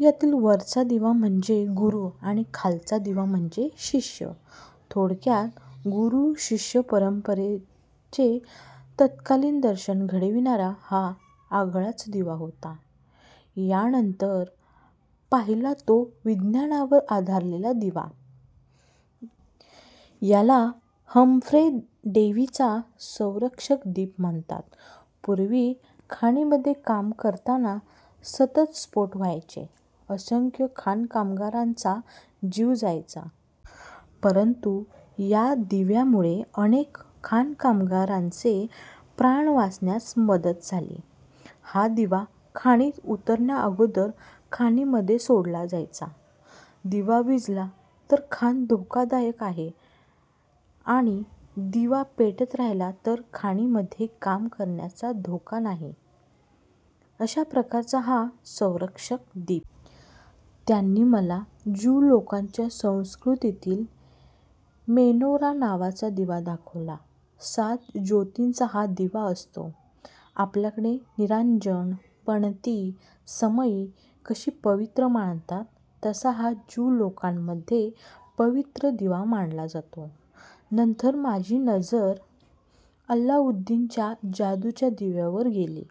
यातील वरचा दिवा म्हणजे गुरु आणि खालचा दिवा म्हणजे शिष्य. थोडक्यात गुरु-शिष्य परंपरेचे तत्कालीन दर्शन घडविणारा हा आगळाच दिवा होता. यानंतर पाहिला तो विज्ञानावर आधारलेला दिवा. याला हम्फ्रे डेव्हीचा 'संरक्षक दीप' म्हणतात. पूर्वी खाणीमध्ये काम करताना सतत स्फोट व्हायचे, असंख्य खाणकामगारांचा जीव जायचा. परंतु या दिव्यामुळे अनेक खाणकामगारांचे प्राण वाचण्यास मदत झाली. हा दिवा खाणीत उतरण्याअगोदर खाणीमध्ये सोडला जायचा. दिवा विझला तर खाण धोकादायक आहे आणि दिवा पेटत राहिला तर खाणीमध्ये काम करण्यास धोका नाही. अशा प्रकारचा हा संरक्षक दीप. त्यांनी मला ज्यू लोकांच्या संस्कृतीतील 'मेनोरा' नावाचा दिवा दाखवला. सात ज्योतींचा हा दिवा असतो. आपल्याकडे निरांजन, पणती, समई कशी पवित्र मानतात तसा हा ज्यू लोकांमध्ये पवित्र दिवा मानला जातो. नंतर माझी नजर 'अल्लाउद्दिन'च्या जादूच्या दिव्यावर गेली.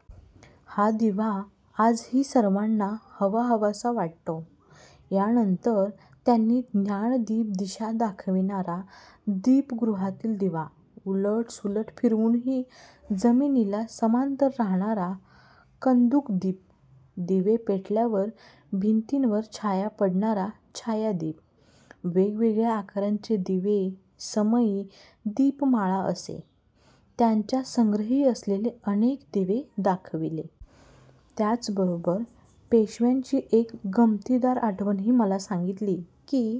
हा दिवा आजही सर्वांना हवाहवासा वाटतो. यानंतर त्यांनी ज्ञानदीप, दिशा दाखविणारा दीपगृहातील दिवा, उलट-सुलट फिरवूनही जमिनीला समांतर राहणारा 'कंदुक दीप', दिवे पेटवल्यावर भिंतीवर छाया पडणारा 'छायादीप', वेगवेगळ्या आकारांचे दिवे, समई, दीपमाळ असे त्यांच्या संग्रही असलेले अनेक दिवे दाखविले. त्याचबरोबर पेशव्यांची एक गमतीदार आठवणही मला सांगितली की,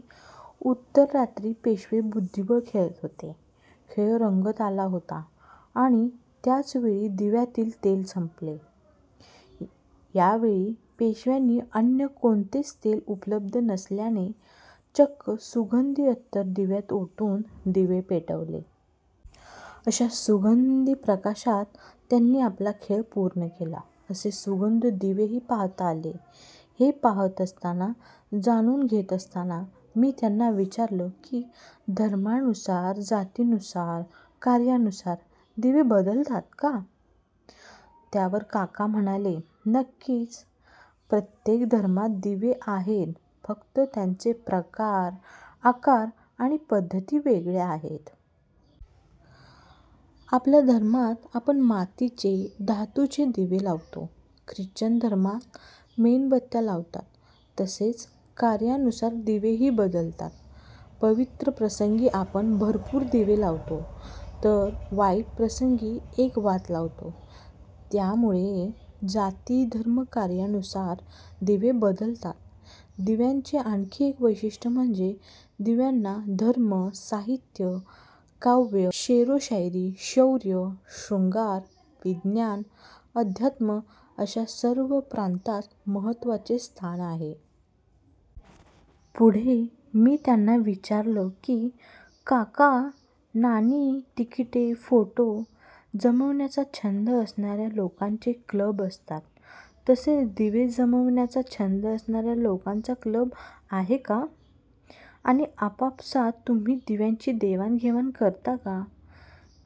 उत्तररात्री पेशवे बुद्धिबळ खेळत होते, खेळ रंगत आला होता आणि त्याचवेळी दिव्यातील तेल संपले. यावेळी पेशव्यांनी अन्य कोणतेच तेल उपलब्ध नसल्याने चक्क सुगंधी अत्तर दिव्यात ओतून दिवे पेटवले. अशा सुगंधी प्रकाशात त्यांनी आपला खेळ पूर्ण केला. असे सुगंधी दिवेही पाहता आले. हे पाहत असताना, जाणून घेत असताना मी त्यांना विचारलं की, धर्मानुसार-जातीनुसार-कार्यानुसार दिवे बदलतात का? त्यावर काका म्हणाले, नक्कीच. प्रत्येक धर्मात दिवे आहेत, फक्त त्यांचे प्रकार, आकार आणि पद्धती वेगळ्या आहेत. आपल्या धर्मात आपण मातीचे, धातूचे दिवे लावतो, ख्रिश्चन धर्मात मेणबत्त्या लावतात. तसेच कार्यानुसार दिवेही बदलतात. पवित्र प्रसंगी आपण भरपूर दिवे लावतो तर वाईट प्रसंगी एक वात लावतो. त्यामुळे जाती-धर्म-कार्यानुसार दिवे बदलतात. दिव्यांचे आणखी एक वैशिष्ट्य म्हणजे दिव्यांना धर्म, साहित्य, काव्य-शेरोशायरी, शौर्य, शृंगार, विज्ञान, अध्यात्म अशा सर्व प्रांतात महत्त्वाचे स्थान आहे. पुढे मी त्यांना विचारलं की, काका नाणी, तिकिटे, फोटो जमविण्याचा छंद असणाऱ्या लोकांचे क्लब असतात तसे दिवे जमविण्याचा छंद असणाऱ्या लोकांचा क्लब आहे का? आणि आपापसात तुम्ही दिव्यांची देवाण-घेवाण करता का?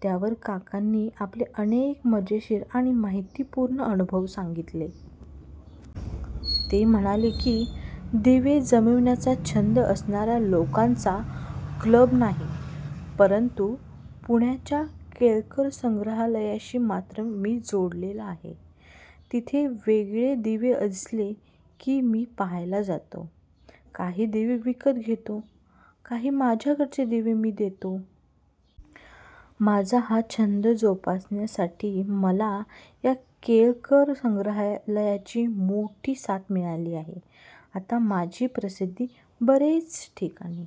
त्यावर काकांनी आपले अनेक मजेशीर आणि माहितीपूर्ण अनुभव सांगितले. ते म्हणाले की, दिवे जमविण्याचा छंद असणाऱ्या लोकांचा क्लब नाही, परंतु पुण्याच्या केळकर संग्रहालयाशी मात्र मी जोडलेला आहे. तिथे वेगळे दिवे दिसले की मी पाहायला जातो, काही दिवे विकत घेतो, काही माझ्याकडचे दिवे मी देतो. माझा हा छंद जोपासण्यासाठी मला या केळकर संग्रहालयाची मोठी साथ मिळाली आहे. आता माझी प्रसिद्धी बरेच ठिकाणी...